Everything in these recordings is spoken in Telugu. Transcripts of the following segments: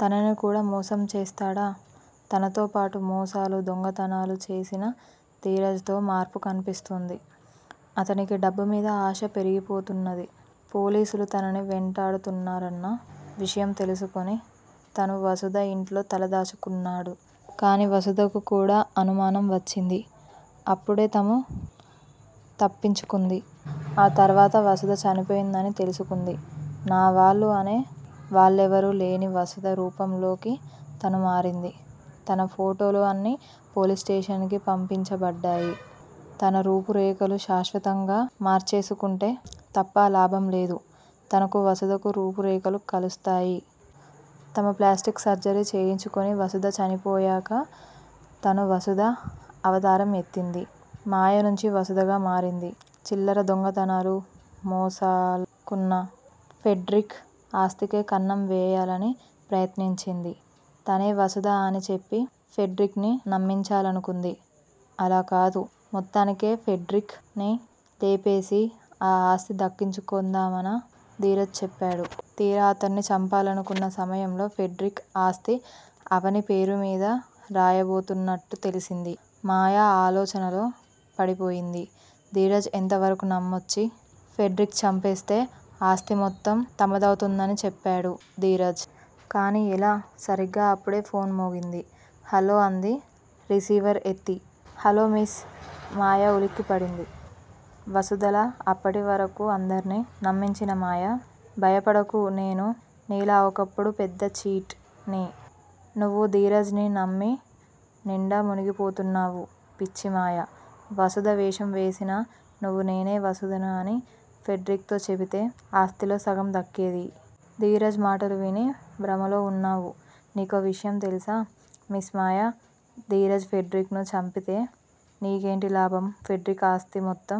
తనని కూడా మోసం చేస్తాడా. తనతోపాటు, మోసాలు, దొంగతనాలు చేసిన ధీరజ్ తో మార్పు కనిపిస్తోంది. అతనికి డబ్బు మీద ఆశ పెరిగిపోతున్నది. పోలీసులు తనని వెంటాడుతున్నారన్న విషయం తెలుసుకొని తను వసుధ ఇంట్లో తల దాచుకున్నాడు. కానీ వసుధకు కూడా అనుమానం వచ్చింది. అప్పుడే తను తప్పించుకుంది. ఆ తర్వాత వసుధ చనిపోయిందని తెలుసుకుంది. నా' వాళ్ళు అనే వాళ్ళేవరూ లేని వసుధ రూపంలోకి తను మారింది. తను ఫోటోలు అన్నీ పోలీస్ స్టేషన్స్ కి పంపించబడ్డాయి. తను రూపురేఖలు శాశ్వతంగా మార్చేసుకుంటే తప్ప లాభం లేదు. తనకూ వసుధకు రూపు రేఖలు కలుస్తాయి. తను ప్లాస్టిక్ సర్జరీ చేయించుకుని వసుధ చనిపోయాక తను వసుధ అవతారం ఎత్తింది. మాయ నుంచి వసుధగా మారింది. చిల్లర దొంగతనాలు, మోసాలుకన్నా, ఫెడ్రిక్ ఆస్తికే కన్నం వేయాలని ప్రయత్నించింది. తనే వసుధ అని చెప్పి ఫెడ్రిక్ ని నమ్మించాలనుకుంది. అలాకాదు మొత్తానికే ఫెడ్రిక్ ని లేపేసి ఆ ఆస్తి దక్కించుకుందామన ధీరజ్ చెప్పాడు. తీరా, అతడ్ని చంపాలనుకున్న సమయంలో ఫెడ్రిక్ ఆస్తి అవని పేరు మీద రాయబోతున్నట్టు తెలిసింది. మాయ ఆలోచనలో పడిపోయింది. ధీరజ్ ఎంతవరకు నమ్మొచ్చు. ఫెడ్రిక్ చంపేస్తే ఆస్తి మొత్తం తమదవుతుందని చెప్పాడు ధీరజ్. కాని ఎలా? సరిగ్గా అప్పుడే ఫోన్ మోగింది. హలో అంది రిసీవర్ ఎత్తి. హలో మిస్ మాయా ఉలిక్కిపడింది వసుధలా అప్పటివరకు అందర్నీ నమ్మించిన మాయ. భయపడకు నేనూ నీలా ఒకప్పుడు పెద్ద ఛీట్ ని. నువ్వు ధీరజ్ ని నమ్మి నిండా మునిగిపోతున్నావు. పిచ్చి మాయా వసుధ వేషం వేసిన నువ్వు నేనే వసుధను అని ఫెడ్రిక్ తో చెబితే ఆస్తిలో సగం దక్కేది. ధీరజ్ మాటలు విని భ్రమలో వున్నావు. నీకో విషయం తెలుసా మిస్ మాయా, ధీరజ్ ఫెడ్రిక్ ను చంపితే, నీకేంటి లాభం? ఫెడ్రిక్ ఆస్తి మొత్తం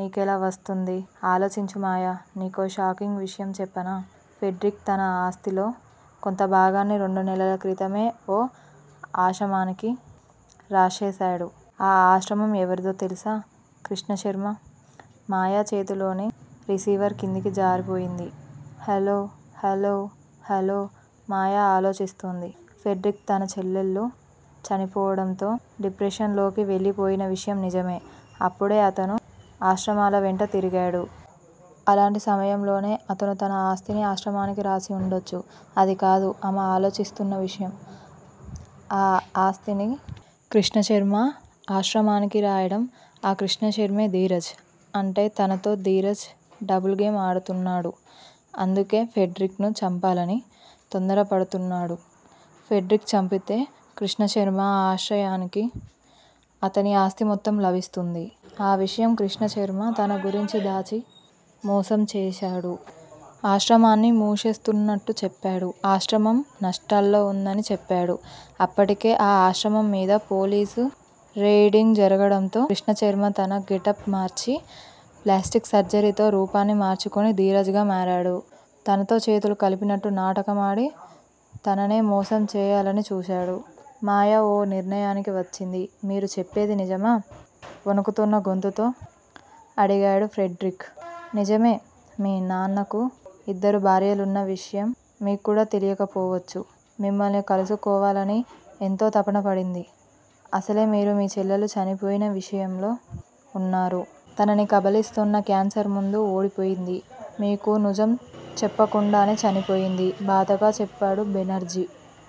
నీకెలా వస్తుంది? ఆలోచించు మాయా నీకో షాకింగ్ విషయం చెప్పనా? ఫెడ్రిక్ తన ఆస్తిలో కొంత భాగాన్ని రెండు నెలల క్రితమే ఓ ఆశమానికి రాసేసాడు. ఆ ఆశ్రమం ఎవరిదో తెలుసా కృ ష్ణ శ ర్మ. మాయ చేతిలోని రిసీవర్ కిందికి జారిపోయింది. హ లో హ లో హ లో మాయ ఆలోచిస్తోంది. ఫెడ్రిక్ తన చెల్లెలు చనిపోవడం తో డిప్రెషన్ లోకి వెళ్ళిపోయిన విషయం నిజమే. అప్పడే అతను ఆశ్రమాల వెంట తిరిగాడు. అలాంటి సమయంలోనే అతను తన ఆస్తిని ఆశ్రమానికి రాసి వుండొచ్చు. అది కాదు ఆమె ఆలోచిస్తోన్న విషయం. ఆ ఆస్తిని కృష్ణశర్మ ఆశ్రమానికి రాయడం, ఆ కృష్టశర్మే ధీరజ్. అంటే తనతో ధీరజ్ డబుల్ గేమ్ ఆడుతున్నాడు. అందుకే, ఫెడ్రిక్ ను చంపాలని తోందరపడుతున్నాడు. ఫెడ్రిక్ చంపితే కృష్ణశర్మ ఆశ్రయానికి అతని ఆస్తి మొత్తం లభిస్తుంది. ఆ విషయం కృష్ణశర్మ తన గురించి దాచి, మోసం చేసాడు. ఆశ్రమాన్ని మూసేస్తున్నట్టు చెప్పాడు. ఆశ్రమం నష్టాల్లో వుందని చెప్పాడు. అప్పటికే ఆ ఆశ్రమం మీద పొలీసు రెయిడింగ్ జరగడంతో, కృష్ణశర్మ తన గెటప్ మార్చి ప్లాస్టిక్ సర్జరీతో రూపాన్ని మార్చుకొని ధీరజ్ గా మారాడు. తనతో చేతులు కలిపినట్టు నాటకమాడి తననే మోసం చేయాలని చూసాడు. మాయ ఓ నిర్ణయానికి వచ్చింది మీరు చెప్పేది నిజమా? వణుకుతోన్న గొంతుతో అడుగాడు ఫెడ్రిక్. నిజమే మీ నాన్నకు ఇద్దరు భార్యలున్న విషయం మీక్కూడా తెలియకపోవచ్చు. మిమ్మల్ని కలుసుకోవాలని ఎంతో తపన పడింది. అసలే మీరు మీ చెల్లెలు చనిపోయిన విషయంలో వున్నారు. తనని కబళిస్తోన్న క్యాన్సర్ ముందు ఓడిపోయింది. మీకు నుజం చెప్పకుండానే చనిపోయింది. బాధగా చెప్పాడు బెనర్జీ.